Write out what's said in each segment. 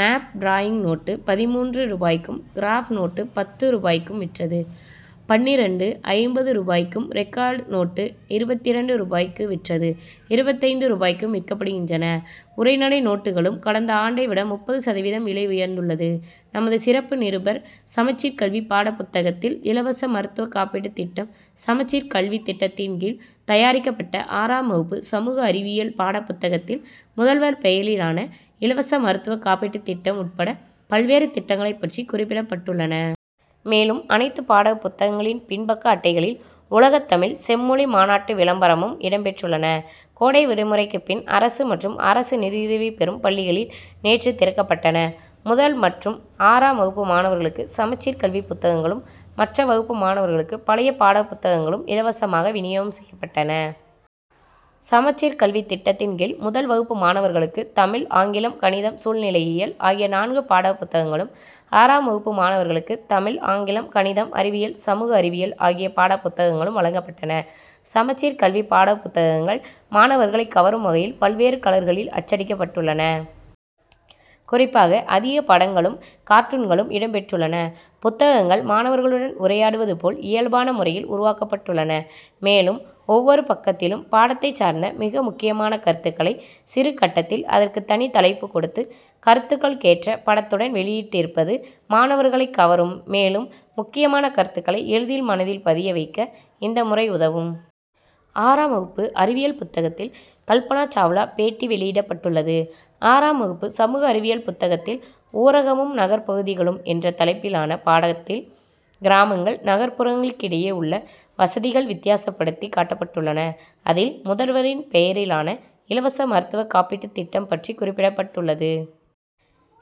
Map drawing note, பதின்மூன்று ரூபாய்க்கும், graph note, பத்து ரூபாய்க்கு விற்றது பன்னிரண்டு.ஐம்பது ரூபாய்க்கும், ரெக்கார்டு நோட்டு, இருபத்திரண்டு ரூபாய்க்கு விற்றது இருபத்தைந்து ரூபாய்க்கும் விற்கப்படுகின்றன. உரைநடை நோட்டுகளும், கடந்த ஆண்டை விட முப்பது சதவீதம் விலை உயர்ந்துள்ளது. நமது சிறப்பு நிருபர் சமச்சீர் கல்வி பாடப்புத்தகத்தில் இலவச மருத்துவ காப்பீட்டு திட்டம் சமச்சீர் கல்வி திட்டத்தின் கீழ், தயாரிக்கப்பட்ட ஆறாம் வகுப்பு சமூக அறிவியல் பாடப்புத்தகத்தில், முதல்வர் பெயரிலான இலவச மருத்துவ காப்பீட்டு திட்டம் உட்பட பல்வேறு திட்டங்கள் பற்றி குறிப்பிடப்பட்டுள்ளன. மேலும், அனைத்து பாடப் புத்தகங்களின் பின்பக்க அட்டைகளில், உலக தமிழ் செம்மொழி மாநாட்டு விளம்பரமும் இடம் பெற்றுள்ளன. கோடை விடுமுறைக்கு பின், அரசு மற்றும் அரசு நிதியுதவி பெறும் பள்ளிகள் நேற்று திறக்கப்பட்டன. முதல் மற்றும் ஆறாம் வகுப்பு மாணவர்களுக்கு, சமச்சீர் கல்வி புத்தகங்களும், மற்ற வகுப்பு மாணவர்களுக்கு பழைய பாடப் புத்தகங்களும் இலவசமாக வினியோகம் செய்யப்பட்டன. சமச்சீர் கல்வி திட்டத்தின் கீழ், முதல் வகுப்பு மாணவர்களுக்கு தமிழ், ஆங்கிலம், கணிதம், சூழ்நிலையியல் ஆகிய நான்கு பாடப் புத்தகங்களும், ஆறாம் வகுப்பு மாணவர்களுக்கு தமிழ், ஆங்கிலம், கணிதம், அறிவியல், சமூக அறிவியல் ஆகிய பாடப் புத்தகங்களும் வழங்கப்பட்டன. சமச்சீர் கல்வி பாடப் புத்தகங்கள், மாணவர்களை கவரும் வகையில், பல்வேறு கலர்களில் அச்சடிக்கப்பட்டுள்ளன. குறிப்பாக, அதிக படங்களும், கார்ட்டூன்களும் இடம் பெற்றுள்ளன. புத்தகங்கள், மாணவர்களுடன் உரையாடுவது போல், இயல்பான முறையில் உருவாக்கப்பட்டுள்ளன. மேலும், ஒவ்வொரு பக்கத்திலும், பாடத்தைச் சார்ந்த மிக முக்கியமான கருத்துக்களை, சிறு கட்டத்தில் அதற்கு தனிதலைப்பு கொடுத்து, கருத்துக்கு ஏற்ற படத்துடன் வெளியிட்டிருப்பது மாணவர்களைக் கவரும். மேலும், முக்கியமான கருத்துக்களை எளிதில் மனதில் பதிய வைக்கவும், இந்த முறை உதவும். ஆறாம் வகுப்பு அறிவியல் புத்தகத்தில், கல்பனா சாவ்லா பேட்டி வெளியிடப்பட்டுள்ளது. ஆறாம் வகுப்பு சமூக அறிவியல் புத்தகத்தில், ஊரகமும் நகர்பகுதிகளும்' என்ற தலைப்பிலான பாடத்தில், கிராமங்கள், நகரங்களுக்கிடையே உள்ள வசதிகள் வித்தியாசப்படுத்தி காட்டப்பட்டுள்ளன. அதில், முதல்வரின் பெயரிலான இலவச மருத்துவ காப்பீட்டு திட்டம் பற்றி குறிப்பிடப்பட்டுள்ளது.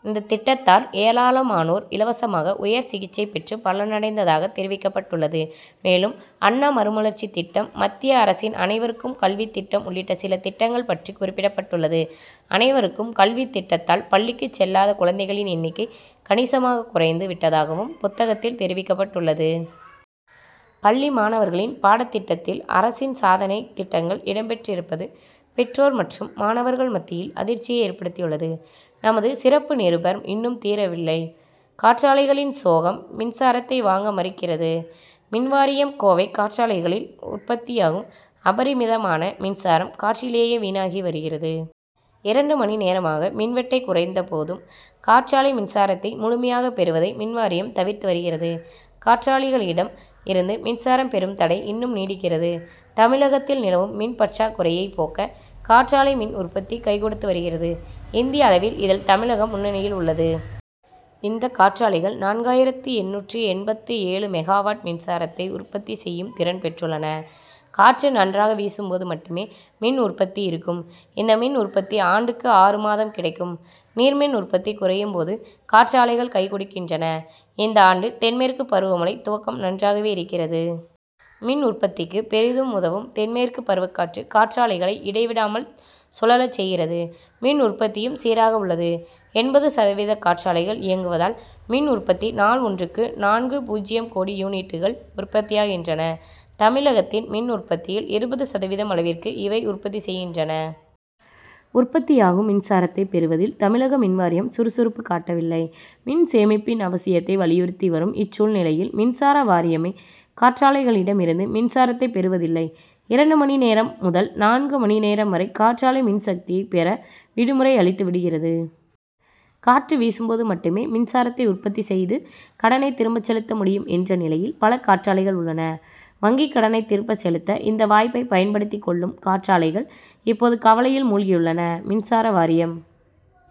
இந்த திட்டத்தால், ஏராளமானோர் இலவசமாக உயர் சிகிச்சை பெற்று பலனடைந்ததாக தெரிவிக்கப்பட்டுள்ளது. மேலும், அண்ணா மறுமலர்ச்சி திட்டம், மத்திய அரசின் அனைவருக்கும் கல்வி திட்டம் உள்ளிட்ட சில திட்டங்கள் பற்றியும் குறிப்பிடப்பட்டுள்ளது. அனைவருக்கும் கல்வி திட்டத்தால், பள்ளிக்கு செல்லாத குழந்தைகளின் எண்ணிக்கை கணிசமாக குறைந்து விட்டதாகவும், புத்தகத்தில் தெரிவிக்கப்பட்டுள்ளது. பள்ளி மாணவர்களின் பாடத் திட்டத்தில் அரசின் சாதனை திட்டங்கள் இடம்பெற்றிருப்பது பெற்றோர் மற்றும் மாணவர்கள் மத்தியில் அதிர்ச்சியை ஏற்படுத்தியுள்ளது. நமது சிறப்பு நிருபர் இன்னும் தீரவில்லை காற்றாலைகளின் சோகம் மின்சாரத்தை வாங்க மறுக்கிறது மின்வாரியம் கோவை காற்றாலைகளில் உற்பத்தியாகும் அபரிமிதமான மின்சாரம், காற்றிலேயே வீணாகி வருகிறது. இரண்டு மணி நேரமாக மின்வெட்டை குறைத்தபோதும், காற்றாலை மின்சாரத்தை முழுமையாக பெறுவதை மின்வாரியம் தவிர்த்து வருகிறது. காற்றாலைகளிடம் இருந்து மின்சாரம் பெறும் தடை இன்னும் நீடிக்கிறது. தமிழகத்தில் நிலவும் மின் பற்றாக்குறையை போக்க காற்றாலை மின் உற்பத்தி கைகொடுத்து வருகிறது. இந்திய அளவில், இதில் தமிழகம் முன்னணியில் உள்ளது. இந்த காற்றாலைகள், நான்காயிரத்து எண்ணூற்று எண்பத்து ஏழு மெகாவாட் மின்சாரத்தை உற்பத்தி செய்யும் திறன் பெற்றுள்ளன. காற்று நன்றாக வீசும்போது மட்டுமே மின் உற்பத்தி இருக்கும். இந்த மின் உற்பத்தி ஆண்டுக்கு ஆறுமாதம் கிடைக்கும். நீர்மின் உற்பத்தி குறையும்போது, காற்றாலைகள் கைகொடுக்கின்றன. இந்த ஆண்டு தென்மேற்கு பருவமழை துவக்கம் நன்றாகவே இருக்கிறது. மின் உற்பத்திக்கு பெரிதும் உதவும் தென்மேற்கு பருவக்காற்று, காற்றாலைகளை இடைவிடாமல் சுழலச் செய்கிறது. மின் உற்பத்தியும் சீராக உள்ளது. எண்பது சதவீத காற்றாலைகள் இயங்குவதால், மின் உற்பத்தி நாள் ஒன்றுக்கு நான்கு.பூஜ்ஜியம் கோடி யூனிட்டுகள் உற்பத்தியாகின்றன. தமிழகத்தின் மின் உற்பத்தியில் இருபது சதவீதம் அளவிற்கு இவை உற்பத்தி செய்கின்றன. உற்பத்தியாகும் மின்சாரத்தை பெறுவதில் தமிழக மின்வாரியம் சுறுசுறுப்பு காட்டவில்லை. மின் சேமிப்பின் அவசியத்தை வலியுறுத்தி வரும் இச்சூழ்நிலையில், மின்சார வாரியமே காற்றாலைகளிடம் இருந்து மின்சாரத்தை பெறுவதில்லை. இரண்டு மணி நேரம் முதல் நான்கு மணி நேரம் வரை காற்றாலை மின்சக்தியை பெற, விடுமுறை' அளித்து விடுகிறது. காற்று வீசும்போது மட்டுமே, மின்சாரத்தை உற்பத்திசெய்து, கடனை திரும்ப செலுத்த முடியும் என்ற நிலையில் பல காற்றாலைகள் உள்ளன. வங்கிக் கடனை திரும்ப செலுத்த இந்த வாய்ப்பை பயன்படுத்திக் கொள்ளும் காற்றாலைகள் இப்போது கவலையில் மூழ்கியுள்ளன. மின்சார வாரியம்,